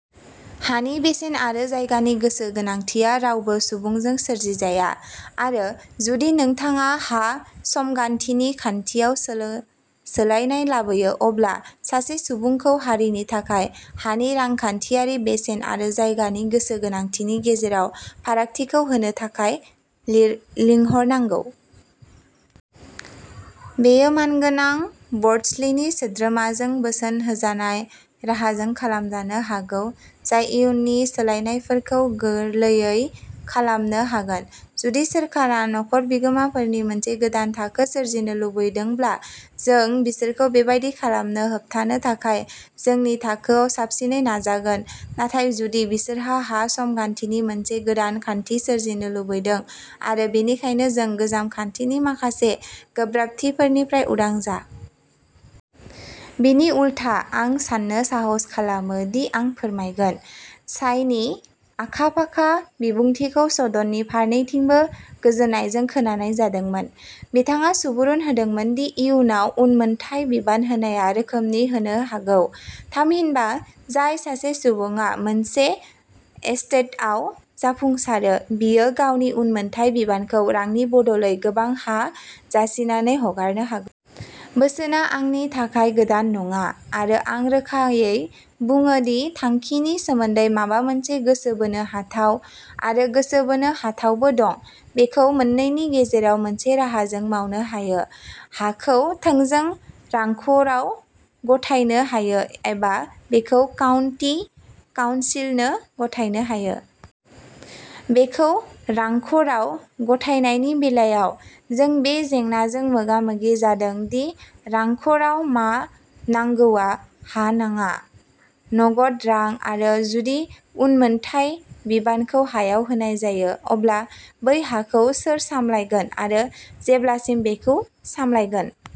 हानि बेसेन आरो जायगानि गोसो गोनांथिया रावबो सुबुंजों सोरजिजाया, आरो जुदि नोंथाङा हा-समगान्थिनि खान्थियाव सोलायनाय लाबोयो, अब्ला सासे सुबुंखौ हारिनि थाखाय हानि रांखान्थियारि बेसेन आरो जायगानि गोसो गोनांथिनि गेजेराव फारागथिखौ होनो थाखाय लिंहरनांगौ। बेयो मानगोनां बर्डस्लिनि सोद्रोमाजों बोसोन होजानाय राहाजों खालामजानो हागौ जाय इयुननि सोलायनायफोरखौ गोरलैयै खालामनो हागोन। जुदि सोरखारा न'खर बिगोमाफोरनि मोनसे गोदान थाखो सोरजिनो लुबैदोंब्ला जों बिसोरखौ बेबादि खालामनो होबथानो थाखाय जोंनि थाखोआव साबसिनै नाजागोन; नाथाय जुदि बिसोरो हा-समगान्थिनि मोनसे गोदान खान्थि सोरजिनो लुबैदों आरो बेनिखायनो जों गोजाम खान्थिनि माखासे गोब्राबथिफोरनिफ्राय उदां जा। बिनि उलथा, आं साननो साहस खालामो दि आं फोरमायगोन। जायनि आखा-फाखा बिबुंथिखौ सदननि फारनैथिंबो गोजोननायजों खोनानाय जादोंमोन, बिथाङा सुबुरुन होदोंमोन दि इयुनाव उनमोनथाय बिबान होनाया रोखोमनि होनो हागौ; थामहिनबा, जाय सासे सुबुङा मोनसे एस्टेटआव जाफुंसारो, बियो गावनि उनमोनथाय बिबानखौ रांनि बदलै गोबां हा जासिनानै हगारनो हागौ। बोसोनआ आंनि थाखाय गोदान नङा, आरो आं रोखायै बुङो दि थांखिनि सोमोन्दै माबा मोनसे गोसो बोनो हाथाव, आरो गोसो बोनो हाथावबो दं। बेखौ मोननैनि गेजेराव मोनसे राहाजों मावनो हायो। हाखौ थोंजों रांख'राव गथायनो हायो, एबा बेखौ काउन्टि काउन्सिलनो गथायनो हायो। बेखौ रांख'राव गथायनायनि बेलायाव, जों बे जेंनाजों मोगा-मोगि जादों दि रांख'राव मा नांगौआ हा नङा, नगद रां, आरो जुदि उनमोनथाय बिबानखौ हायाव होनाय जायो, अब्ला बै हाखौ सोर सामलायगोन आरो जेब्लासिम बेखौ सामलायगोन।